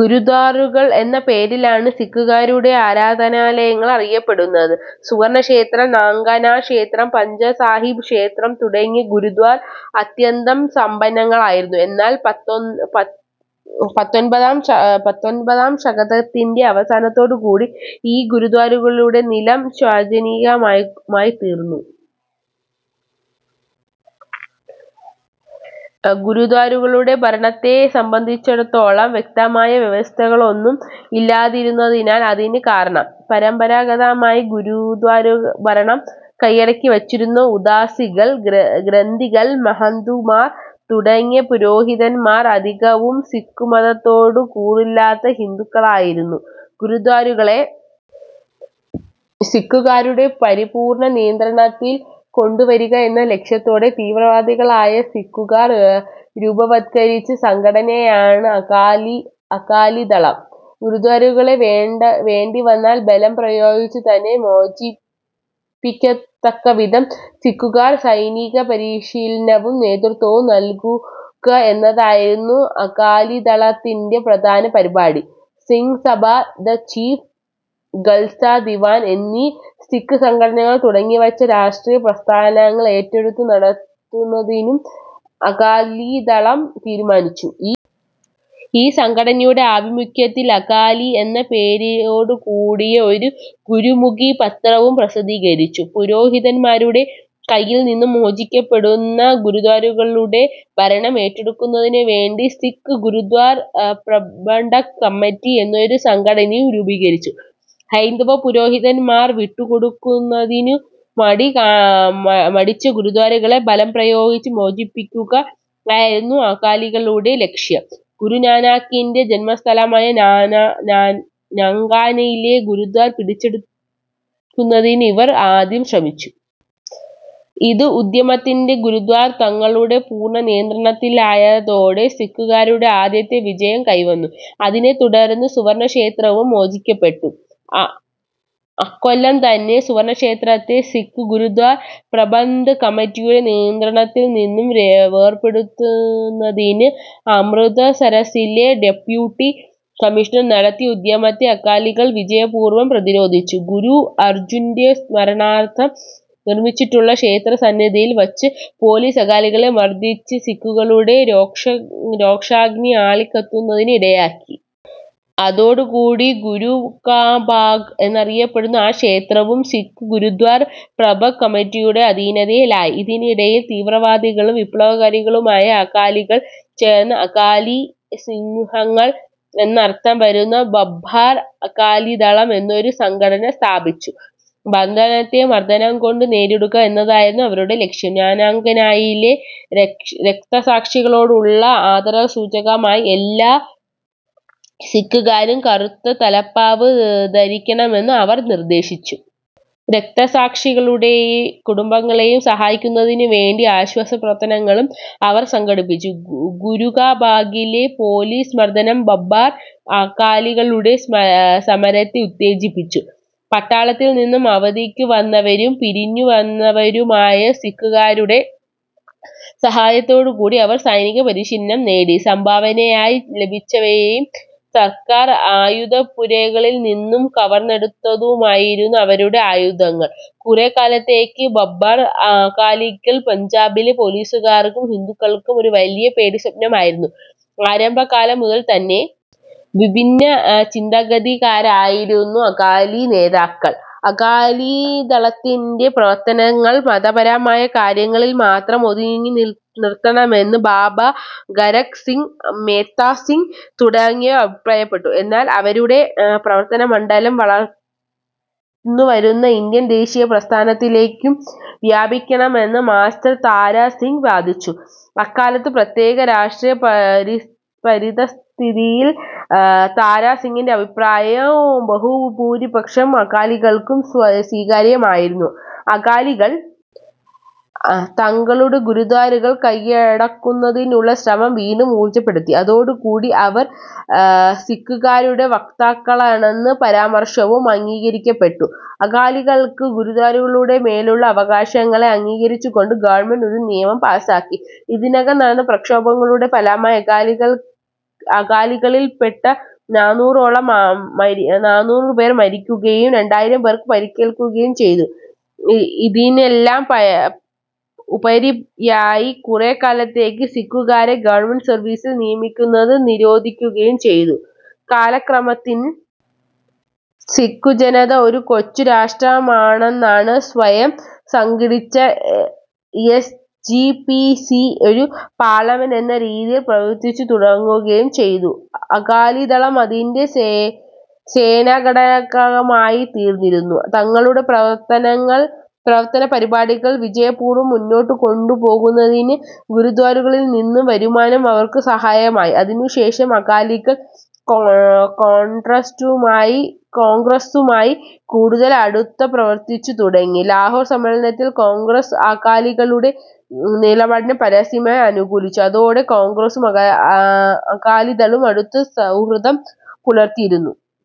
ഗുരുദ്വാരകൾ എന്ന പേരിലാണ് സിക്കുകാരുടെ ആരാധനാലയങ്ങൾ അറിയപ്പെടുന്നത്. സുവർണക്ഷേത്രം, നാങ്കാനാ ക്ഷേത്രം, പഞ്ചാ സാഹിബ് ക്ഷേത്രം തുടങ്ങിയ ഗുരുദ്വാരകൾ അത്യന്തം സമ്പന്നങ്ങളായിരുന്നു. എന്നാൽ പത്തൊൻപതാം ശതകത്തിൻ്റെ അവസാനത്തോടുകൂടി ഈ ഗുരുദ്വാരകളുടെ നില ശോചനീയമായിത്തീർന്നു. ഗുരുദ്വാരകളുടെ ഭരണത്തെ സംബന്ധിച്ചിടത്തോളം വ്യക്തമായ വ്യവസ്ഥകളൊന്നും ഇല്ലാതിരുന്നതാണ് അതിന് കാരണം. പരമ്പരാഗതമായി ഗുരുദ്വാരാഭരണം കൈയടക്കിവച്ചിരുന്ന ഉദാസികൾ, ഗ്രന്ഥികൾ, മഹന്തുമാർ തുടങ്ങിയ പുരോഹിതന്മാർ അധികവും സിക്കുമതത്തോട് കൂറില്ലാത്ത ഹിന്ദുക്കളായിരുന്നു. ഗുരുദ്വാരകളെ സിക്കുകാരുടെ പരിപൂർണ നിയന്ത്രണത്തിൽ കൊണ്ടുവരിക എന്ന ലക്ഷ്യത്തോടെ തീവ്രവാദികളായ സിക്കുകാർ രൂപവത്കരിച്ച സംഘടനയാണ് അകാലിദളം. ഗുരുദ്വാരകളെ വേണ്ടിവന്നാൽ ബലം പ്രയോഗിച്ചുതന്നെ മോചിപ്പിക്കത്തക്കവിധം സിക്കുകാർക്ക് സൈനികപരിശീലനവും നേതൃത്വവും നൽകുക എന്നതായിരുന്നു അകാലിദളത്തിൻ്റെ പ്രധാന പരിപാടി. സിങ് സഭ, ദ ചീഫ് ഖൽസാ ദിവാൻ എന്നീ സിക്കു സംഘടനകൾ തുടങ്ങിവച്ച രാഷ്ട്രീയ പ്രസ്ഥാനങ്ങൾ ഏറ്റെടുത്തു നടത്തുന്നതിനും അകാലിദളം തീരുമാനിച്ചു.ഈ ഈ സംഘടനയുടെ ആഭിമുഖ്യത്തിൽ അകാലി എന്നു പേരോടുകൂടിയ ഒരു ഗുരുമുഖി പത്രവും പ്രസിദ്ധീകരിച്ചു. പുരോഹിതന്മാരുടെ കൈയിൽനിന്നും മോചിപ്പിക്കപ്പെടുന്ന ഗുരുദ്വാരകളുടെ ഭരണം ഏറ്റെടുക്കുന്നതിനുവേണ്ടി സിക്കു ഗുരുദ്വാര പ്രബന്ധക് കമ്മിറ്റി എന്നൊരു സംഘടനയും രൂപീകരിച്ചു. ഹൈന്ദവപുരോഹിതന്മാർ വിട്ടുകൊടുക്കുന്നതിനു മടിച്ച ഗുരുദ്വാരകളെ ബലംപ്രയോഗിച്ച് മോചിപ്പിക്കുക ആയിരുന്നു അകാലികളുടെ ലക്ഷ്യം. ഗുരുനാനാക്കിൻ്റെ ജന്മസ്ഥലമായ നാങ്കാനയിലെ ഗുരുദ്വാര പിടിച്ചെടുക്കുന്നതിന് ഇവർ ആദ്യം ശ്രമിച്ചു. ഈ ഉദ്യമത്തിൽ ഗുരുദ്വാര തങ്ങളുടെ പൂർണനിയന്ത്രണത്തിലായതോടെ സിക്കുകാരുടെ ആദ്യത്തെ വിജയം കൈവന്നു. അതിനെ തുടർന്ന് സുവർണക്ഷേത്രവും മോചിപ്പിക്കപ്പെട്ടു. അക്കൊല്ലംതന്നെ സുവർണക്ഷേത്രത്തെ സിക്കു ഗുരുദ്വാര പ്രബന്ധക് കമ്മിറ്റിയുടെ നിയന്ത്രണത്തിൽനിന്നും വേർപെടുത്തുന്നതിന് അമൃതസരസ്സിലെ ഡെപ്യൂട്ടി കമ്മീഷണർ നടത്തിയ ഉദ്യമത്തെ അകാലികൾ വിജയപൂർവം പ്രതിരോധിച്ചു. ഗുരു അർജുൻ്റെ സ്മരണാർഥം നിർമിച്ചിട്ടുള്ള ക്ഷേത്രസന്നിധിയിൽ വച്ച് പൊലീസ് അകാലികളെ മർദിച്ചത് സിക്കുകാരുടെ രോഷാഗ്നി ആളിക്കത്തുന്നതിന് ഇടയാക്കി. അതോടുകൂടി ഗുരുകാബാഗ് എന്നറിയപ്പെട്ടിരുന്ന ആ ക്ഷേത്രവും സിക്കു ഗുരുദ്വാര പ്രബന്ധക് കമ്മിറ്റിയുടെ അധീനതയിലായി. ഇതിനിടയിൽ തീവ്രവാദികളും വിപ്ലവകാരികളുമായ അകാലികൾ ചേർന്ന് അകാലി സിംഹങ്ങൾ എന്നർഥം വരുന്ന ബബ്ബാർ അകാലിദളം എന്നൊരു സംഘം സ്ഥാപിച്ചു. മർദനത്തെ മർദനംകൊണ്ടു നേരിടുക എന്നതായിരുന്നു അവരുടെ ലക്ഷ്യം. നാങ്കാനായിലെ രക്തസാക്ഷികളോടുള്ള ആദരസൂചകമായി എല്ലാ സിക്കുകാരും കറുത്ത തലപ്പാവ് ധരിക്കണമെന്ന് അവർ നിർദ്ദേശിച്ചു. രക്തസാക്ഷികളുടെ കുടുംബങ്ങളെ സഹായിക്കുന്നതിനുവേണ്ടി ആശ്വാസപ്രവർത്തനങ്ങളും അവർ സംഘടിപ്പിച്ചു. ഗുരുകാബാഗിലെ പൊലീസ് മർദനം ബബ്ബാർ അകാലികളുടെ സമരത്തെ ഉത്തേജിപ്പിച്ചു. പട്ടാളത്തിൽ നിന്ന് അവധിക്കു വന്നവരും പിരിഞ്ഞുവന്നവരുമായ സിക്കുകാരുടെ സഹായത്തോടുകൂടി അവർ സൈനിക പരിശീലനം നേടി. സംഭാവനയായി ലഭിച്ചവയും സർക്കാർ ആയുധപ്പുരകളിൽനിന്നു കവർന്നെടുത്തവയുമായിരുന്നു അവരുടെ ആയുധങ്ങൾ. കുറെക്കാലത്തേക്ക് ബബ്ബാർ അകാലികൾ പഞ്ചാബിലെ പൊലീസുകാർക്കും ഹിന്ദുക്കൾക്കും ഒരു വലിയ പേടിസ്വപ്നമായിരുന്നു. ആരംഭകാലംമുതൽതന്നെ വിഭിന്ന ചിന്താഗതിക്കാരായിരുന്നു അകാലി നേതാക്കന്മാർ. അകാലിദളത്തിൻ്റെ പ്രവർത്തനങ്ങൾ മതപരമായ കാര്യങ്ങളിൽ മാത്രം ഒതുക്കിനിർത്തണമെന്ന് ബാബാ ഖരക് സിങ്, മേത്താ സിങ് തുടങ്ങിയവർ അഭിപ്രായപ്പെട്ടു. എന്നാൽ അവരുടെ പ്രവർത്തനമണ്ഡലം വളർന്നുവരുന്ന ഇന്ത്യൻ ദേശീയ പ്രസ്ഥാനത്തിലേക്കും വ്യാപിപ്പിക്കണമെന്ന് മാസ്റ്റർ താരാ സിങ് വാദിച്ചു. അക്കാലത്തെ പ്രത്യേക രാഷ്ട്രീയ പരിതഃസ്ഥിതിയിൽ താരാ സിങ്ങിൻ്റെ അഭിപ്രായം ബഹുഭൂരിപക്ഷം അകാലികൾക്കും സ്വീകാര്യമായി. അകാലികൾ തങ്ങളുടെ ഗുരുദ്വാരകൾ കൈയടക്കുന്നതിനുള്ള ശ്രമം വീണ്ടും ഊർജിതപ്പെടുത്തി. അതോടുകൂടി അവർ സിക്കുകാരുടെ വക്താക്കളാണെന്ന പരമാർഥവും അംഗീകരിക്കപ്പെട്ടു. അകാലികൾക്ക് ഗുരുദ്വാരകളുടെ മേലുള്ള അവകാശങ്ങളെ അംഗീകരിച്ചുകൊണ്ട് ഗവൺമെന്റ് ഒരു നിയമം പാസാക്കി. ഇതിനകം നടന്ന പ്രക്ഷോഭങ്ങളുടെ ഫലമായി അകാലികളിൽപ്പെട്ട നാനൂറുപേർ മരിക്കുകയും രണ്ടായിരം പേർക്ക് പരിക്കേൽക്കുകയും ചെയ്തു. ഇതിനെല്ലാം ഉപരിയായി കുറെക്കാലത്തേക്ക് സിക്കുകാരെ ഗവൺമെന്റ് സർവീസിൽ നിയമിക്കുന്നത് നിരോധിക്കുകയും ചെയ്തു. കാലക്രമത്തിൽ സിക്കുജനത ഒരു കൊച്ചു രാഷ്ട്രമെന്നോണം സ്വയം സംഘടിച്ച്, എസ്. ജി. പി. സി. ഒരു പാർലമെന്റ് എന്ന രീതിയിൽ പ്രവർത്തിച്ചുതുടങ്ങുകയും ചെയ്തു. അകാലിദളം അതിൻ്റെ സേനാഘടകമായിത്തീർന്നു. തങ്ങളുടെ പ്രവർത്തനപരിപാടികൾ വിജയപൂർവം മുന്നോട്ടുകൊണ്ടുപോകുന്നതിന് ഗുരുദ്വാരകളിൽനിന്നുള്ള വരുമാനം അവർക്ക് സഹായകമായി. അതിനുശേഷം അകാലികൾ കോൺഗ്രസ്സുമായി കൂടുതൽ അടുത്തുപ്രവർത്തിച്ചു തുടങ്ങി. ലാഹോർ സമ്മേളനത്തിൽ കോൺഗ്രസ് അകാലികളുടെ നിലപാടിനെ പരസ്യമായി അനുകൂലിച്ചു. അതുവരെ കോൺഗ്രസ്സും അകാലിദളവും അടുത്ത സൗഹാർദം പുലർത്തിയിരുന്നു.